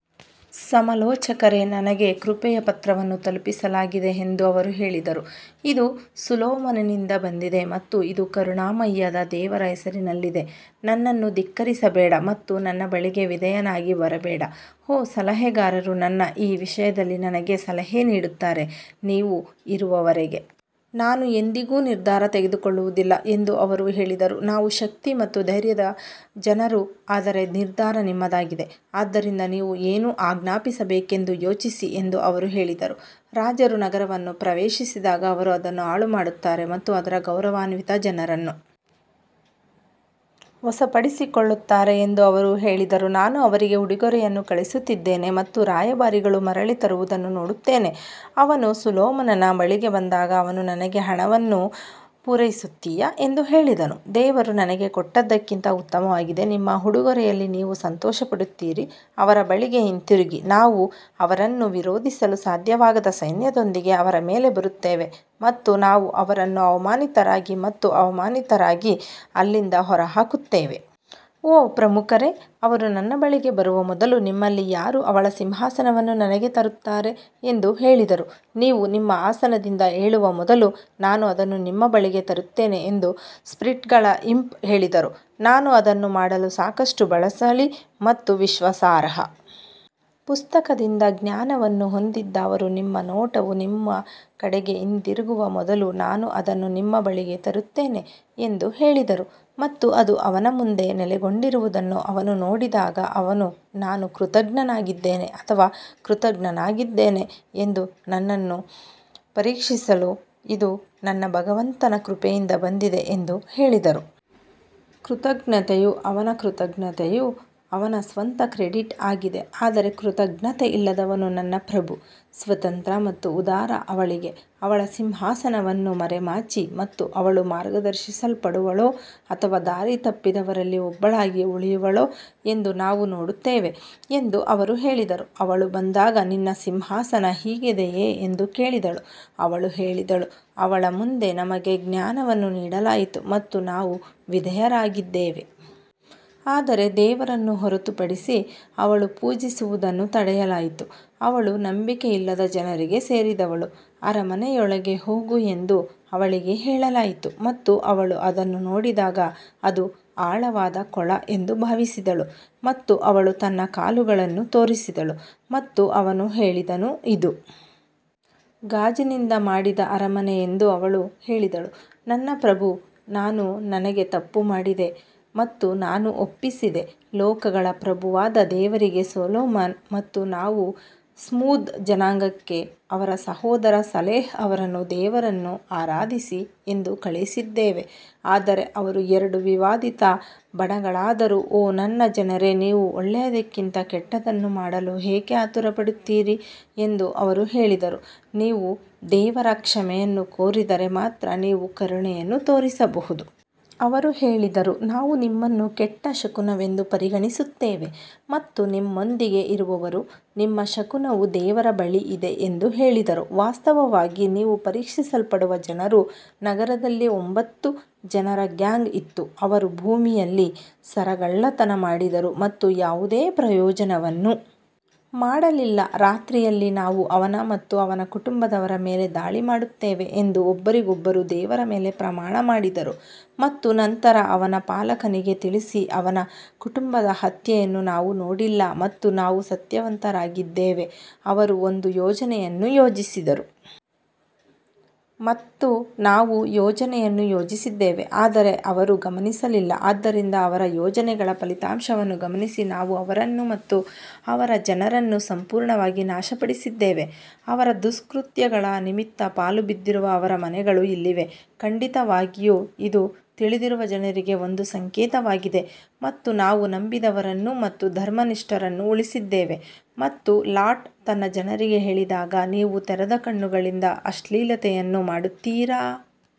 ಸಮಾಲೋಚಕರೇ ನನಗೆ ಕೃಪೆಯ ಪತ್ರವನ್ನು ತಲುಪಿಸಲಾಗಿದೆ ಎಂದು ಅವರು ಹೇಳಿದರು ಇದು ಸೊಲೊಮೋನನಿಂದ ಬಂದಿದೆ ಮತ್ತು ಇದು ಕರುಣಾಮಯಿಯಾದ ದೇವರ ಹೆಸರಿನಲ್ಲಿದೆ ನನ್ನನ್ನು ಧಿಕ್ಕರಿಸಬೇಡ ಮತ್ತು ನನ್ನ ಬಳಿಗೆ ವಿಧೇಯನಾಗಿ ಬರಬೇಡ ಓ ಸಲಹೆಗಾರರು ನನ್ನ ಈ ವಿಷಯದಲ್ಲಿ ನನಗೆ ಸಲಹೆ ನೀಡುತ್ತಾರೆ, ನೀವು ಇರುವವರೆಗೆ ನಾನು ಎಂದಿಗೂ ನಿರ್ಧಾರ ತೆಗೆದುಕೊಳ್ಳುವುದಿಲ್ಲ ಎಂದು ಅವರು ಹೇಳಿದರು ನಾವು ಶಕ್ತಿ ಮತ್ತು ಧೈರ್ಯದ ಜನರು ಆದರೆ ನಿರ್ಧಾರ ನಿಮ್ಮದಾಗಿದೆ ಆದ್ದರಿಂದ ನೀವು ಏನು ಆಜ್ಞಾಪಿಸಬೇಕೆಂದು ಯೋಚಿಸಿ ಎಂದು ಅವರು ಹೇಳಿದರು ರಾಜರು ನಗರವನ್ನು ಪ್ರವೇಶಿಸಿದಾಗ ಅವರು ಅದನ್ನು ಹಾಳುಮಾಡುತ್ತಾರೆ ಮತ್ತು ಅದರ ಗೌರವಾನ್ವಿತ ಜನರನ್ನು ವಶಪಡಿಸಿಕೊಳ್ಳುತ್ತಾರೆ ಎಂದು ಅವರು ಹೇಳಿದರು ನಾನು ಅವರಿಗೆ ಉಡುಗೊರೆಯನ್ನು ಕಳುಹಿಸುತ್ತಿದ್ದೇನೆ ಮತ್ತು ರಾಯಭಾರಿಗಳು ಮರಳಿ ತರುವುದನ್ನು ನೋಡುತ್ತೇನೆ ಅವನು ಸೊಲೊಮೋನನ ಬಳಿಗೆ ಬಂದಾಗ ಅವನು ನನಗೆ ಹಣವನ್ನು ಪೂರೈಸುತ್ತೀಯಾ ಎಂದು ಹೇಳಿದನು, ದೇವರು ನನಗೆ ಕೊಟ್ಟದ್ದಕ್ಕಿಂತ ಉತ್ತಮವಾಗಿದೆ, ನಿಮ್ಮ ಉಡುಗೊರೆಯಲ್ಲಿ ನೀವು ಸಂತೋಷಪಡುತ್ತೀರಿ ಅವರ ಬಳಿಗೆ ಹಿಂತಿರುಗಿ ನಾವು ಅವರನ್ನು ವಿರೋಧಿಸಲು ಸಾಧ್ಯವಾಗದ ಸೈನ್ಯದೊಂದಿಗೆ ಅವರ ಮೇಲೆ ಬರುತ್ತೇವೆ ಮತ್ತು ನಾವು ಅವರನ್ನು ಅವಮಾನಿತರಾಗಿ ಮತ್ತು ಅವಮಾನಿತರಾಗಿ ಅಲ್ಲಿಂದ ಹೊರಹಾಕುತ್ತೇವೆ. ಓ ಪ್ರಮುಖರೇ, ಅವರು ನನ್ನ ಬಳಿಗೆ ಬರುವ ಮೊದಲು ನಿಮ್ಮಲ್ಲಿ ಯಾರು ಅವಳ ಸಿಂಹಾಸನವನ್ನು ನನಗೆ ತರುತ್ತಾರೆ ಎಂದು ಹೇಳಿದರು ನೀವು ನಿಮ್ಮ ಆಸನದಿಂದ ಏಳುವ ಮೊದಲು ನಾನು ಅದನ್ನು ನಿಮ್ಮ ಬಳಿಗೆ ತರುತ್ತೇನೆ ಎಂದು ಸ್ಪ್ರಿಟ್ಗಳ ಇಂಪ್ ಹೇಳಿದರು ನಾನು ಅದನ್ನು ಮಾಡಲು ಸಾಕಷ್ಟು ಬಲಶಾಲಿ ಮತ್ತು ವಿಶ್ವಾಸಾರ್ಹ. ಪುಸ್ತಕದಿಂದ ಜ್ಞಾನವನ್ನು ಹೊಂದಿದ್ದ ಅವರು ನಿಮ್ಮ ನೋಟವು ನಿಮ್ಮ ಕಡೆಗೆ ಹಿಂದಿರುಗುವ ಮೊದಲು ನಾನು ಅದನ್ನು ನಿಮ್ಮ ಬಳಿಗೆ ತರುತ್ತೇನೆ ಎಂದು ಹೇಳಿದರು ಮತ್ತು ಅದು ಅವನ ಮುಂದೆ ನೆಲೆಗೊಂಡಿರುವುದನ್ನು ಅವನು ನೋಡಿದಾಗ ಅವನು ನಾನು ಕೃತಜ್ಞನಾಗಿದ್ದೇನೆ ಅಥವಾ ಕೃತಜ್ಞನಾಗಿದ್ದೇನೆ ಎಂದು ನನ್ನನ್ನು ಪರೀಕ್ಷಿಸಲು ಇದು ನನ್ನ ಭಗವಂತನ ಕೃಪೆಯಿಂದ ಬಂದಿದೆ ಎಂದು ಹೇಳಿದರು. ಕೃತಜ್ಞತೆಯು ಅವನ ಕೃತಜ್ಞತೆಯು ಅವನ ಸ್ವಂತ ಕ್ರೆಡಿಟ್ ಆಗಿದೆ ಆದರೆ ಕೃತಜ್ಞತೆಯಿಲ್ಲದವನು ನನ್ನ ಪ್ರಭು ಸ್ವತಂತ್ರ ಮತ್ತು ಉದಾರ ಅವಳಿಗೆ ಅವಳ ಸಿಂಹಾಸನವನ್ನು ಮರೆಮಾಚಿ ಮತ್ತು ಅವಳು ಮಾರ್ಗದರ್ಶಿಸಲ್ಪಡುವಳೋ ಅಥವಾ ದಾರಿತಪ್ಪಿದವರಲ್ಲಿ ಒಬ್ಬಳಾಗಿ ಉಳಿಯುವಳೋ ಎಂದು ನಾವು ನೋಡುತ್ತೇವೆ ಎಂದು ಅವರು ಹೇಳಿದರು. ಅವಳು ಬಂದಾಗ, ನಿನ್ನ ಸಿಂಹಾಸನ ಹೀಗಿದೆಯೇ ಎಂದು ಕೇಳಿದಳು, ಅವಳು ಹೇಳಿದಳು, ಅವಳ ಮುಂದೆ ನಮಗೆ ಜ್ಞಾನವನ್ನು ನೀಡಲಾಯಿತು ಮತ್ತು ನಾವು ವಿಧೇಯರಾಗಿದ್ದೇವೆ. ಆದರೆ ದೇವರನ್ನು ಹೊರತುಪಡಿಸಿ ಅವಳು ಪೂಜಿಸುವುದನ್ನು ತಡೆಯಲಾಯಿತು, ಅವಳು ನಂಬಿಕೆಯಿಲ್ಲದ ಜನರಿಗೆ ಸೇರಿದವಳು ಅರಮನೆಯೊಳಗೆ ಹೋಗು ಎಂದು ಅವಳಿಗೆ ಹೇಳಲಾಯಿತು ಮತ್ತು ಅವಳು ಅದನ್ನು ನೋಡಿದಾಗ ಅದು ಆಳವಾದ ಕೊಳ ಎಂದು ಭಾವಿಸಿದಳು ಮತ್ತು ಅವಳು ತನ್ನ ಕಾಲುಗಳನ್ನು ತೋರಿಸಿದಳು ಮತ್ತು ಅವನು ಹೇಳಿದನು ಇದು ಗಾಜಿನಿಂದ ಮಾಡಿದ ಅರಮನೆ ಎಂದು ಅವಳು ಹೇಳಿದಳು ನನ್ನ ಪ್ರಭು ನಾನು ನನಗೆ ತಪ್ಪು ಮಾಡಿದೆ ಮತ್ತು ನಾನು ಒಪ್ಪಿಸಿದೆ ಲೋಕಗಳ ಪ್ರಭುವಾದ ದೇವರಿಗೆ ಸೊಲೊಮನ್ ಮತ್ತು ನಾವು ಸ್ಮೂದ್ ಜನಾಂಗಕ್ಕೆ ಅವರ ಸಹೋದರ ಸಲೇಹ್ ಅವರನ್ನು ದೇವರನ್ನು ಆರಾಧಿಸಿ ಎಂದು ಕಳುಹಿಸಿದ್ದೇವೆ ಆದರೆ ಅವರು ಎರಡು ವಿವಾದಿತ ಬಣಗಳಾದರು ಓ ನನ್ನ ಜನರೇ ನೀವು ಒಳ್ಳೆಯದಕ್ಕಿಂತ ಕೆಟ್ಟದ್ದನ್ನು ಮಾಡಲು ಏಕೆ ಆತುರಪಡುತ್ತೀರಿ ಎಂದು ಅವರು ಹೇಳಿದರು, ನೀವು ದೇವರ ಕ್ಷಮೆಯನ್ನು ಕೋರಿದರೆ ಮಾತ್ರ ನೀವು ಕರುಣೆಯನ್ನು ತೋರಿಸಬಹುದು. ಅವರು ಹೇಳಿದರು ನಾವು ನಿಮ್ಮನ್ನು ಕೆಟ್ಟ ಶಕುನವೆಂದು ಪರಿಗಣಿಸುತ್ತೇವೆ ಮತ್ತು ನಿಮ್ಮೊಂದಿಗೆ ಇರುವವರು ನಿಮ್ಮ ಶಕುನವು ದೇವರ ಬಳಿ ಇದೆ ಎಂದು ಹೇಳಿದರು ವಾಸ್ತವವಾಗಿ ನೀವು ಪರೀಕ್ಷಿಸಲ್ಪಡುವ ಜನರು ನಗರದಲ್ಲಿ ಒಂಬತ್ತು ಜನರ ಗ್ಯಾಂಗ್ ಇತ್ತು, ಅವರು ಭೂಮಿಯಲ್ಲಿ ಸರಗಳ್ಳತನ ಮಾಡಿದರು ಮತ್ತು ಯಾವುದೇ ಪ್ರಯೋಜನವನ್ನು ಮಾಡಲಿಲ್ಲ ರಾತ್ರಿಯಲ್ಲಿ ನಾವು ಅವನ ಮತ್ತು ಅವನ ಕುಟುಂಬದವರ ಮೇಲೆ ದಾಳಿ ಮಾಡುತ್ತೇವೆ ಎಂದು ಒಬ್ಬರಿಗೊಬ್ಬರು ದೇವರ ಮೇಲೆ ಪ್ರಮಾಣ ಮಾಡಿದರು ಮತ್ತು ನಂತರ ಅವನ ಪಾಲಕನಿಗೆ ತಿಳಿಸಿ ಅವನ ಕುಟುಂಬದ ಹತ್ಯೆಯನ್ನು ನಾವು ನೋಡಿಲ್ಲ ಮತ್ತು ನಾವು ಸತ್ಯವಂತರಾಗಿದ್ದೇವೆ ಅವರು ಒಂದು ಯೋಜನೆಯನ್ನು ಯೋಜಿಸಿದರು ಮತ್ತು ನಾವು ಯೋಜನೆಯನ್ನು ಯೋಜಿಸಿದ್ದೇವೆ ಆದರೆ ಅವರು ಗಮನಿಸಲಿಲ್ಲ ಆದ್ದರಿಂದ ಅವರ ಯೋಜನೆಗಳ ಫಲಿತಾಂಶವನ್ನು ಗಮನಿಸಿ ನಾವು ಅವರನ್ನು ಮತ್ತು ಅವರ ಜನರನ್ನು ಸಂಪೂರ್ಣವಾಗಿ ನಾಶಪಡಿಸಿದ್ದೇವೆ ಅವರ ದುಷ್ಕೃತ್ಯಗಳ ನಿಮಿತ್ತ ಪಾಳುಬಿದ್ದಿರುವ ಅವರ ಮನೆಗಳು ಇಲ್ಲಿವೆ, ಖಂಡಿತವಾಗಿಯೂ ಇದು ತಿಳಿದಿರುವ ಜನರಿಗೆ ಒಂದು ಸಂಕೇತವಾಗಿದೆ ಮತ್ತು ನಾವು ನಂಬಿದವರನ್ನು ಮತ್ತು ಧರ್ಮನಿಷ್ಠರನ್ನು ಉಳಿಸಿದ್ದೇವೆ ಮತ್ತು ಲಾಟ್ ತನ್ನ ಜನರಿಗೆ ಹೇಳಿದಾಗ ನೀವು ತೆರೆದ ಕಣ್ಣುಗಳಿಂದ ಅಶ್ಲೀಲತೆಯನ್ನು ಮಾಡುತ್ತೀರಾ.